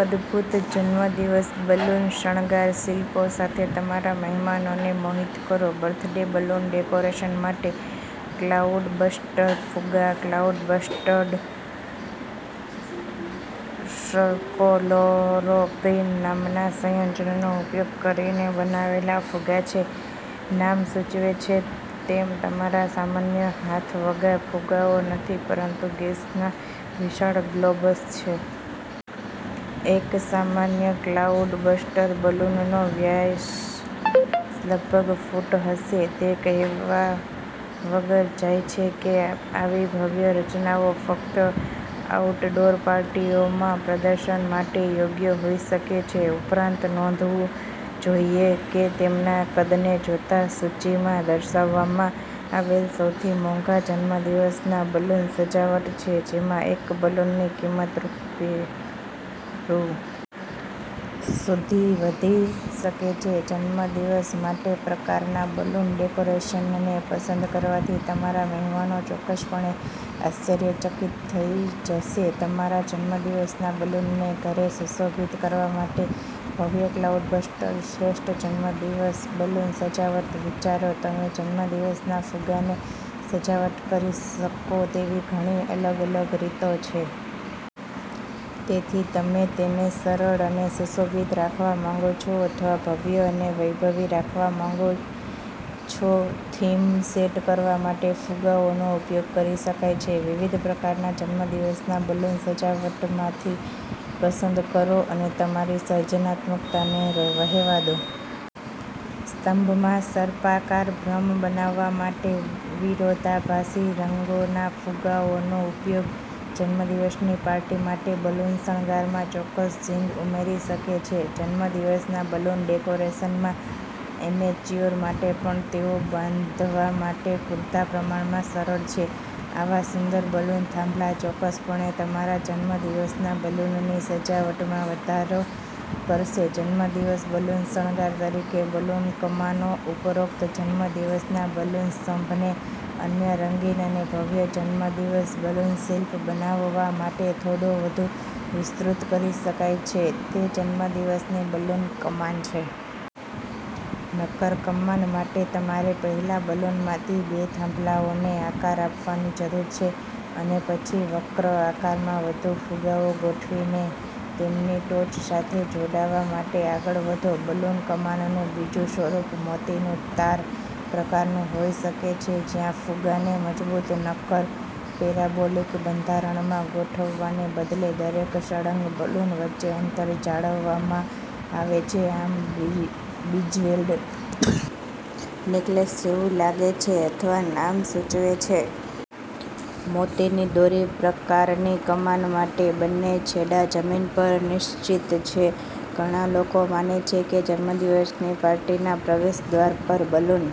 અદ્ભુત જન્મદિવસ બલૂન શણગાર શિલ્પો સાથે તમારા મહેમાનોને મોહિત કરો. બર્થડે બલૂન ડેકોરેશન માટે ક્લાઉડબસ્ટર ફુગ્ગા ક્લાઉડબસ્ટર્સક્લોરોપ્રીન નામના સંયોજનનો ઉપયોગ કરીને બનાવેલા ફુગ્ગા છે. નામ સૂચવે છે તેમ, તમારા સામાન્ય હાથવગા ફુગ્ગાઓ નથી, પરંતુ ગેસના વિશાળ ગ્લોબ્સ છે. એક સામાન્ય ક્લાઉડબસ્ટર બલૂનનો વ્યાસ લગભગ ફૂટ હશે. તે કહેવા વગર જાય છે કે આવી ભવ્ય રચનાઓ ફક્ત આઉટડોર પાર્ટીઓમાં પ્રદર્શન માટે યોગ્ય હોઈ શકે છે. ઉપરાંત, નોંધવું જોઈએ કે તેમના કદને જોતાં, સૂચિમાં દર્શાવવામાં આવેલસૌથી મોંઘા જન્મદિવસના બલૂન સજાવટ છે, જેમાં એક બલૂનની કિંમત રૂ. સુધી વધી શકે છે. જન્મદિવસ માટેપ્રકારના બલૂન ડેકોરેશનને પસંદ કરવાથી તમારા મહેમાનો ચોક્કસપણે આશ્ચર્યચકિત થઈ જશે. તમારા જન્મદિવસના બલૂનને ઘરે સુશોભિત કરવા માટે ભવ્ય ક્લાઉડબસ્ટર્સ શ્રેષ્ઠ જન્મદિવસ બલૂન સજાવટ વિચારો તમે જન્મદિવસના ફુગ્ગાને સજાવટ કરી શકો તેવી ઘણી અલગ અલગ રીતો છે. તેથી તમે તેને સરળ અને સુશોભિત રાખવા માંગો છો, અથવા ભવ્ય અને વૈભવી રાખવા માંગો છોથીમ સેટ કરવા માટે ફુગ્ગાઓનો ઉપયોગ કરી શકાય છે. વિવિધ પ્રકારના જન્મદિવસના બલૂન સજાવટમાંથી પસંદ કરો અને તમારી સર્જનાત્મકતાને વહેવા દો. સ્તંભમાં સર્પાકાર ભ્રમ બનાવવા માટે વિરોધાભાસી રંગોના ફુગ્ગાઓનો ઉપયોગ જન્મદિવસની પાર્ટી માટે બલૂન શણગારમાં ચોક્કસ ઝિંગ ઉમેરી શકે છે. જન્મદિવસના બલૂન ડેકોરેશનમાં એમેચ્યોર માટે પણ તેઓ બાંધવા માટે પૂરતા પ્રમાણમાં સરળ છે. આવા સુંદર બલૂન થાંભલા ચોક્કસપણે તમારા જન્મદિવસના બલૂનની સજાવટમાં વધારો કરશેજન્મદિવસ બલૂન શણગાર તરીકે બલૂન કમાનો ઉપરોક્ત જન્મદિવસના બલૂન સ્તંભને અન્ય રંગીન અને ભવ્ય જન્મદિવસ બલૂન શિલ્પ બનાવવા માટે થોડો વધુ વિસ્તૃત કરી શકાય છે, તે જન્મદિવસની બલૂન કમાન છે. નક્કર કમાન માટે તમારે પહેલા બલૂનમાંથી બે થાંભલાઓને આકાર આપવાની જરૂર છે અને પછી વક્ર આકારમાં વધુ ફુગ્ગાઓ ગોઠવીને તેમની ટોચ સાથે જોડાવા માટે આગળ વધો. બલૂન કમાનનું બીજું સ્વરૂપ "મોતીનું તાર" પ્રકારનું હોઈ શકે છે જ્યાં ફુગ્ગાને મજબૂત, નક્કર પેરાબોલિક બંધારણમાં ગોઠવવાને બદલે, દરેક સળંગ બલૂન વચ્ચે અંતર જાળવવામાં આવે છે, આમ બિજ્વેલ્ડ નેકલેસ જેવું લાગે છે, અથવા નામ સૂચવે છે. મોતીની દોરી. પ્રકારની કમાન માટે, બંને છેડા જમીન પર નિશ્ચિત છે. ઘણા લોકો માને છે કે જન્મદિવસની પાર્ટીના પ્રવેશદ્વાર પર બલૂન